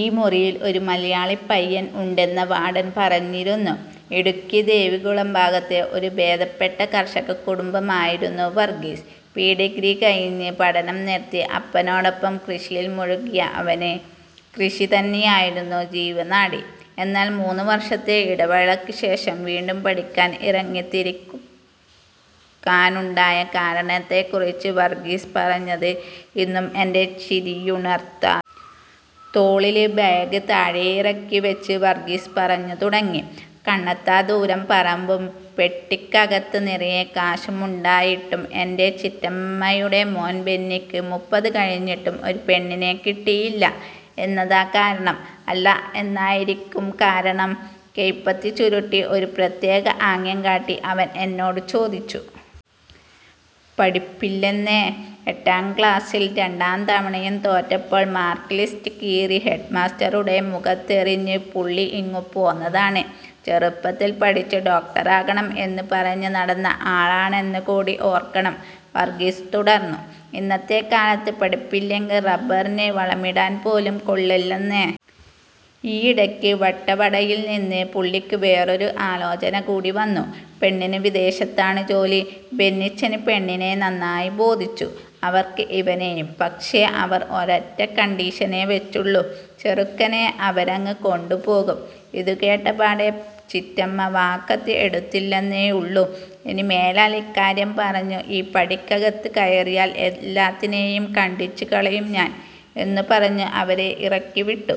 "ഈ മുറിയിൽ ഒരു മലയാളി പയ്യൻ ഉണ്ടെന്ന് വാർഡൻ പറഞ്ഞിരുന്നു. " ഇടുക്കി ദേവികുളം ഭാഗത്തെ ഒരു ഭേദപ്പെട്ട കർഷക കുടുംബാംഗമായിരുന്നു വർഗീസ്. പ്രീഡിഗ്രി കഴിഞ്ഞ് പഠനം നിർത്തി അപ്പനോടൊപ്പം കൃഷിയിൽ മുഴുകിയ അവന് കൃഷി തന്നെയായിരുന്നു ജീവനാഡി. എന്നാൽ മൂന്നു വർഷത്തെ ഇടവേളയ്ക്ക് ശേഷം വീണ്ടും പഠിക്കാൻ ഇറങ്ങിത്തിരിക്കാനുണ്ടായ കാരണത്തെക്കുറിച്ച് വർഗീസ് പറഞ്ഞത് ഇന്നും എന്റെ ചിരിയുണർത്താറുണ്ട്. തോളിലെ ബാഗ് താഴെയിറക്കി വെച്ച് വർഗീസ് പറഞ്ഞു തുടങ്ങി: "കണ്ണെത്താദൂരം പറമ്പും പെട്ടിക്കകത്ത് നിറയെ കാശുമുണ്ടായിട്ടും എന്റെ ചിറ്റമ്മയുടെ മോൻ ബെന്നിക്ക് മുപ്പത് കഴിഞ്ഞിട്ടും ഒരു പെണ്ണിനെ കിട്ടിയില്ല. എന്നതാ കാരണം.. അല്ല എന്നായിരിക്കും കാരണം.? " കൈപ്പത്തി ചുരുട്ടി ഒരു പ്രത്യേക ആംഗ്യം കാട്ടി അവൻ എന്നോട് ചോദിച്ചു. "പഠിപ്പില്ലെന്നേ... എട്ടാം ക്ലാസ്സിൽ രണ്ടാം തവണയും തോറ്റപ്പോൾ മാർക്ക് ലിസ്റ്റ് കീറി ഹെഡ്മാസ്റ്ററുടെ മുഖത്തെറിഞ്ഞ് പുള്ളി ഇങ്ങു പോന്നതാണ്. ചെറുപ്പത്തിൽ പഠിച്ച് ഡോക്ടറാകണം എന്ന് പറഞ്ഞു നടന്ന ആളാണെന്ന് കൂടി ഓർക്കണം! " വർഗീസ് തുടർന്നു: "ഇന്നത്തെ കാലത്ത് പഠിപ്പില്ലെങ്കിൽ റബ്ബറിന് വളമിടാൻ പോലും കൊള്ളില്ലെന്നേ. ഈയിടയ്ക്ക് വട്ടവടയിൽ നിന്ന് പുള്ളിക്ക് വേറൊരു ആലോചന കൂടി വന്നു. പെണ്ണിന് വിദേശത്താണ് ജോലി. ബെന്നിച്ചന് പെണ്ണിനെ നന്നായി ബോധിച്ചു, അവർക്ക് ഇവനെയും. പക്ഷേ അവർ ഒരൊറ്റ കണ്ടീഷനേ വെച്ചുള്ളൂ ചെറുക്കനെ അവരങ്ങ് കൊണ്ടുപോകും! ഇതുകേട്ട പാടെ ചിറ്റമ്മ വാക്കത്തി എടുത്തില്ലെന്നേയുള്ളൂ. 'ഇനിമേലാൽ ഇക്കാര്യം പറഞ്ഞു ഈ പടിക്കകത്ത് കയറിയാൽ എല്ലാത്തിനെയും കണ്ഡിച്ച് കളയും ഞാൻ' എന്ന് പറഞ്ഞു അവരെ ഇറക്കിവിട്ടു.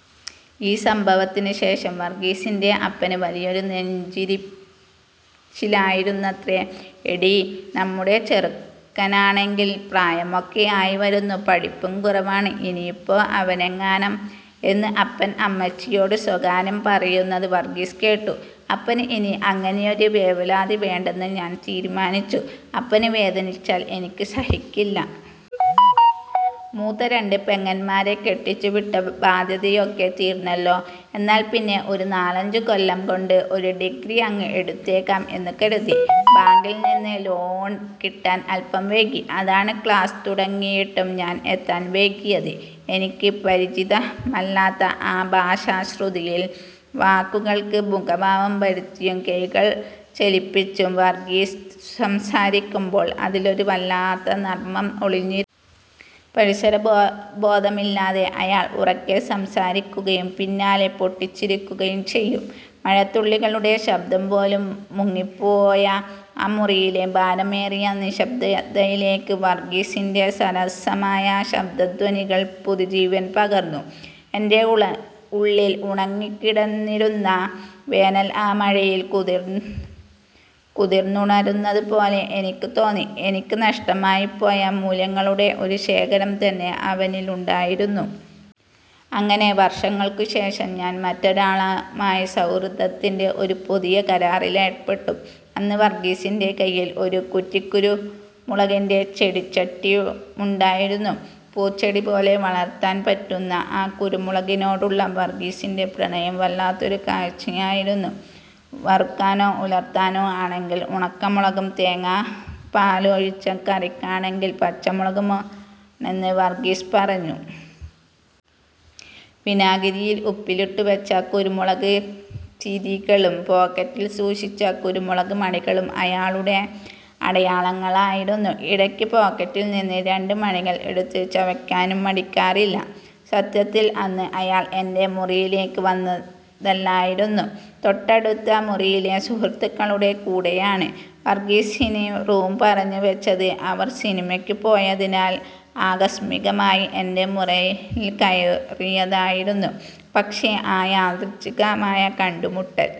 " ഈ സംഭവത്തിന് ശേഷം വർഗീസിന്റെ അപ്പന് വലിയൊരു നെഞ്ചിരിച്ചിലായിരുന്നത്രേ. "എടീ, നമ്മുടെ ചെറുക്കനാണെങ്കിൽ പ്രായമൊക്കെ ആയിവരുന്നു, പഠിപ്പും കുറവാണ്. ഇനിയിപ്പോ അവനെങ്ങാനും... " എന്ന് അപ്പൻ അമ്മച്ചിയോട് സ്വകാര്യം പറയുന്നത് വർഗീസ് കേട്ടു. "അപ്പന് ഇനി അങ്ങനെയൊരു വേവലാതി വേണ്ടെന്ന് ഞാൻ തീരുമാനിച്ചു. അപ്പന് വേദനിച്ചാൽ എനിക്ക് സഹിക്കില്ല. മൂത്ത രണ്ട് പെങ്ങന്മാരെ കെട്ടിച്ചുവിട്ട ബാധ്യതയൊക്കെ തീർന്നല്ലോ. എന്നാൽപ്പിന്നെ ഒരു നാലഞ്ചു കൊല്ലം കൊണ്ട് ഒരു ഡിഗ്രി അങ്ങ് എടുത്തേക്കാം എന്ന് കരുതി. ബാങ്കിൽ നിന്ന് ലോൺ കിട്ടാൻ അല്പം വൈകി, അതാണ് ക്ലാസ് തുടങ്ങിയിട്ടും ഞാൻ എത്താൻ വൈകിയത്. " എനിക്ക് പരിചിതമല്ലാത്ത ആ ഭാഷാശ്രുതിയിൽ, വാക്കുകൾക്ക് മുഖഭാവം വരുത്തിയും കൈകൾ ചലിപ്പിച്ചും വർഗീസ് സംസാരിക്കുമ്പോൾ അതിലൊരു വല്ലാത്ത നർമ്മം ഒളിഞ്ഞിരുന്നു. പരിസരബോധമില്ലാതെ അയാൾ ഉറക്കെ സംസാരിക്കുകയും പിന്നാലെ പൊട്ടിച്ചിരിക്കുകയും ചെയ്യും. മഴത്തുള്ളികളുടെ ശബ്ദം പോലും മുങ്ങിപ്പോയ ആ മുറിയിലെ ഭാരമേറിയ നിശ്ശബ്ദതയിലേക്ക് വർഗീസിന്റെ സരസമായ ശബ്ദധ്വനികൾ പുതുജീവൻ പകർന്നു. എന്റെ ഉള്ളിൽ ഉണങ്ങിക്കിടന്നിരുന്ന വേനൽ ആ മഴയിൽ കുതിർന്നുണരുന്നതുപോലെ എനിക്ക് തോന്നി. എനിക്ക് നഷ്ടമായിപ്പോയ മൂല്യങ്ങളുടെ ഒരു ശേഖരം തന്നെ അവനിലുണ്ടായിരുന്നു. അങ്ങനെ വർഷങ്ങൾക്ക് ശേഷം, ഞാൻ മറ്റൊരാളുമായി സൗഹൃദത്തിന്റെ ഒരു പുതിയ കരാറിലേർപ്പെട്ടു. അന്ന് വർഗീസിന്റെ കയ്യിൽ ഒരു കുറ്റിക്കുരുമുളകിന്റെ ചെടിച്ചട്ടിയുണ്ടായിരുന്നു. പൂച്ചെടിപോലെ വളർത്താൻ പറ്റുന്ന ആ കുരുമുളകിനോടുള്ള വർഗീസിന്റെ പ്രണയം വല്ലാത്തൊരു കാഴ്ചയായിരുന്നു. വറുക്കാനോ ഉലർത്താനോ ആണെങ്കിൽ ഉണക്കമുളകും, തേങ്ങാപ്പാലൊഴിച്ച കറിക്കാണെങ്കിൽ പച്ചമുളകുമാണ് നല്ലതെന്ന് വർഗീസ് തറപ്പിച്ചു പറയും. വിനാഗിരിയിൽ ഉപ്പിലിട്ടുവെച്ച കുരുമുളക് തിരികളും പോക്കറ്റിൽ സൂക്ഷിച്ച കുരുമുളക് മണികളും അയാളുടെ അടയാളങ്ങളായിരുന്നു. ഇടയ്ക്ക് പോക്കറ്റിൽ നിന്ന് രണ്ട് മണികൾ എടുത്ത് ചവയ്ക്കാനും മടിക്കാറില്ല. സത്യത്തിൽ അന്ന് അയാൾ എന്റെ മുറിയിലേക്ക് വന്നതല്ലായിരുന്നു. തൊട്ടടുത്ത മുറിയിലെ സുഹൃത്തുക്കളുടെ കൂടെയാണ് വർഗ്ഗീസിന് റൂം പറഞ്ഞ് വെച്ചത്. അവർ സിനിമയ്ക്ക് പോയതിനാൽ ആകസ്മികമായി എന്റെ മുറിയിൽ കയറിയതായിരുന്നു. പക്ഷേ ആ യാദൃച്ഛികമായ കണ്ടുമുട്ടൽ